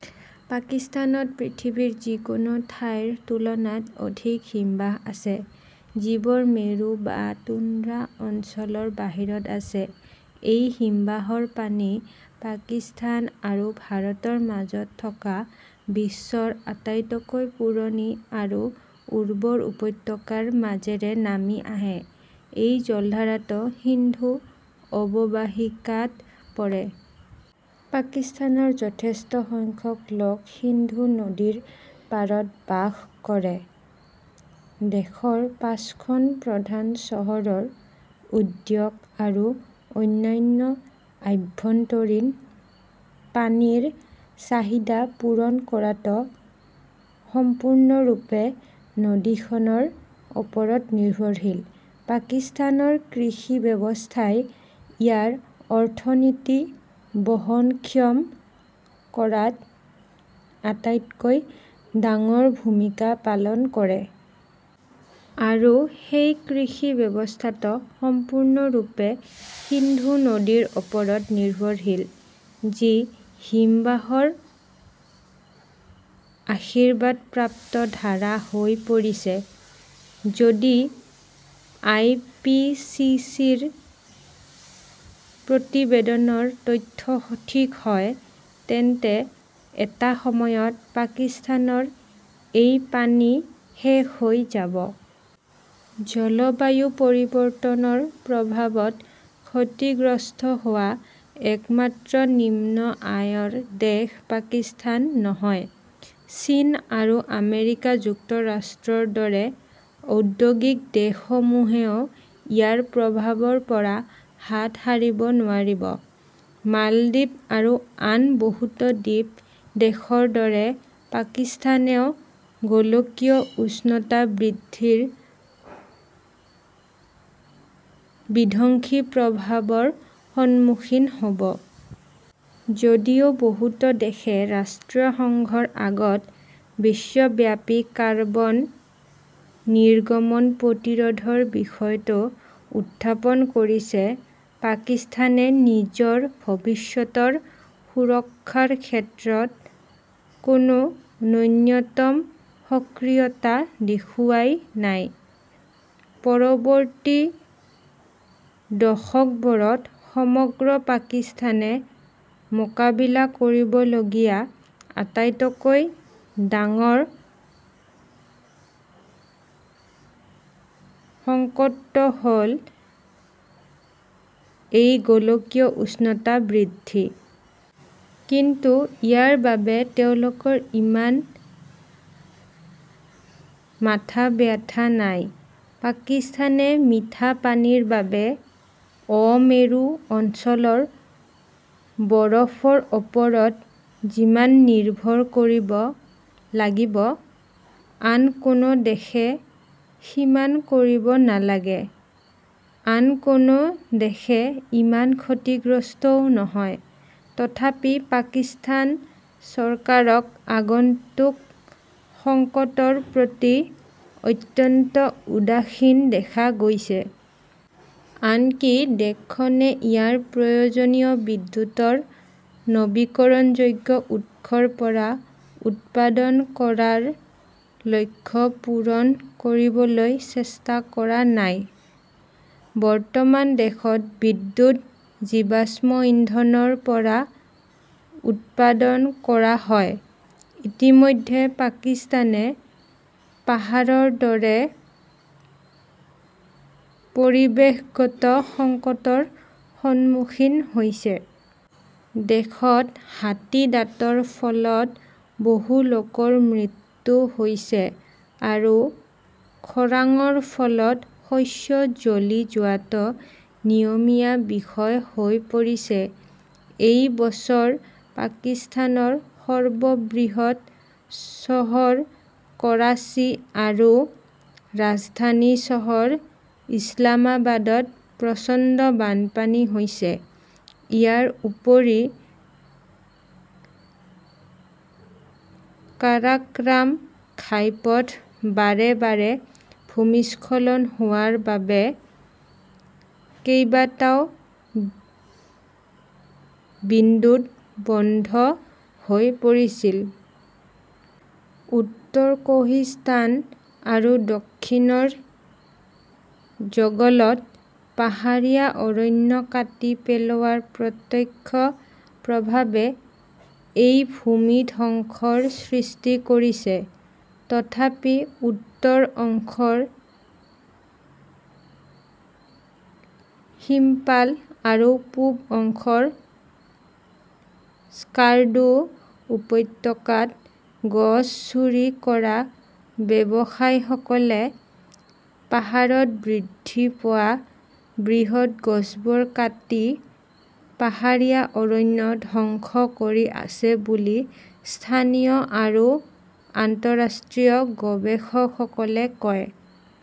পাকিস্তানত পৃথিৱীৰ যিকোনো ঠাইৰ তুলনাত অধিক হিমবাহ আছে, যিবোৰ মেৰু বা টুন্দ্ৰা অঞ্চলৰ বাহিৰত আছে। এই হিমবাহৰ পানী পাকিস্তান আৰু ভাৰতৰ মাজত থকা বিশ্বৰ আটাইতকৈ পুৰণি আৰু উৰ্বৰ উপত্যকাৰ মাজেৰে নামি আহে। এই জলধাৰাটো সিন্ধু অৱবাহিকাত পৰে। পাকিস্তানৰ যথেষ্ট সংখ্যক লোক সিন্ধু নদীৰ পাৰত বাস কৰে। দেশৰ পাঁচখন প্ৰধান চহৰৰ উদ্যোগ আৰু অন্যান্য আভ্যন্তৰীণ পানীৰ চাহিদা পূৰণ কৰাটো সম্পূৰ্ণৰূপে নদীখনৰ ওপৰত নিৰ্ভৰশীল। পাকিস্তানৰ কৃষি ব্যৱস্থাই ইয়াৰ অৰ্থনীতি বহনক্ষম কৰাত আটাইতকৈ ডাঙৰ ভূমিকা পালন কৰে। আৰু সেই কৃষি ব্যৱস্থাটো সম্পূৰ্ণৰূপে সিন্ধু নদীৰ ওপৰত নিৰ্ভৰশীল, যি হিমবাহৰ আশীৰ্বাদপ্ৰাপ্ত ধাৰা হৈ পৰিছে। যদি আই. পি. চি. চি. -ৰ প্ৰতিবেদনৰ তথ্য সঠিক হয় তেন্তে এটা সময়ত পাকিস্তানৰ এই পানী শেষ হৈ যাব। জলবায়ু পৰিৱৰ্তনৰ প্ৰভাৱত ক্ষতিগ্ৰস্ত হোৱা একমাত্ৰ নিম্ন আয়ৰ দেশ পাকিস্তান নহয়। চীন আৰু আমেৰিকা যুক্তৰাষ্ট্ৰৰ দৰে ঔদ্যোগিক দেশসমূহেও ইয়াৰ প্ৰভাৱৰ পৰা হাত সাৰিব নোৱাৰিব। মালদ্বীপ আৰু আন বহুতো দ্বীপ দেশৰ দৰে পাকিস্তানেও গোলকীয় উষ্ণতা বৃদ্ধিৰ বিধ্বংসী প্ৰভাৱৰ সন্মুখীন হ'ব। যদিও বহুতো দেশে ৰাষ্ট্ৰসংঘৰ আগত বিশ্বব্যাপী কাৰ্বন নিৰ্গমন প্ৰতিৰোধৰ বিষয়টো উত্থাপন কৰিছে, পাকিস্তানে নিজৰ ভৱিষ্যতৰ সুৰক্ষাৰ ক্ষেত্ৰত কোনো ন্যূনতম সক্ৰিয়তা দেখুৱাই নাই। পৰৱৰ্তী দশকবোৰত সমগ্ৰ পাকিস্তানে মোকাবিলা কৰিবলগীয়া আটাইতকৈ ডাঙৰ সংকটটো হ'ল এই গোলকীয় উষ্ণতা বৃদ্ধি। কিন্তু ইয়াৰ বাবে তেওঁলোকৰ ইমান মাথাব্যথা নাই। পাকিস্তানে মিঠা পানীৰ বাবে অ-মেৰু অঞ্চলৰ বৰফৰ ওপৰত যিমান নিৰ্ভৰ কৰিব লাগিব, আন কোনো দেশে সিমান কৰিব নালাগে। আন কোনো দেশ ইমান ক্ষতিগ্ৰস্তও নহয় । তথাপি পাকিস্তান চৰকাৰক আগন্তুক সংকটৰ প্ৰতি অত্যন্ত উদাসীন দেখা গৈছে। আনকি দেশখনে ইয়াৰ প্ৰয়োজনীয় বিদ্যুতৰ নৱীকৰণযোগ্য উৎসৰ পৰা উৎপাদন কৰাৰ লক্ষ্য পূৰণ কৰিবলৈ চেষ্টা কৰা নাই। বৰ্তমান দেশত বিদ্যুৎ জীৱাশ্ম ইন্ধনৰ পৰা উৎপাদন কৰা হয়। ইতিমধ্যে পাকিস্তানে পাহাৰৰ দৰে পৰিৱেশগত সংকটৰ সন্মুখীন হৈছে । দেশত হাতীদাঁতৰ ফলত বহু লোকৰ মৃত্যু হৈছে আৰু খৰাংৰ ফলত শস্য জ্বলি যোৱাটো নিয়মীয়া বিষয় হৈ পৰিছে। এই বছৰ পাকিস্তানৰ সৰ্ববৃহৎ চহৰ কৰাচী আৰু ৰাজধানী চহৰ ইছলামাবাদত প্ৰচণ্ড বানপানী হৈছে। ইয়াৰ উপৰি কাৰাক'ৰাম ঘাইপথ বাৰে বাৰে ভূমিস্খলন হোৱাৰ বাবে কেইবাটাও বিন্দুত বন্ধ হৈ পৰিছিল। উত্তৰ কোহিস্তান আৰু দক্ষিণৰ জগলত পাহাৰীয়া অৰণ্য কাটি পেলোৱাৰ প্ৰত্যক্ষ প্ৰভাৱে এই ভূমি ধ্বংসৰ সৃষ্টি কৰিছে। তথাপি উত্তৰ অংশৰ শিম্পাল আৰু পূব অংশৰ স্কাৰ্ডু উপত্যকাত গছ চুৰি কৰা ব্যৱসায়ীসকলে পাহাৰত বৃদ্ধি পোৱা বৃহৎ গছবোৰ কাটি পাহাৰীয়া অৰণ্য ধ্বংস কৰি আছে বুলি স্থানীয় আৰু আন্তঃৰাষ্ট্ৰীয় গৱেষকসকলে কয় ।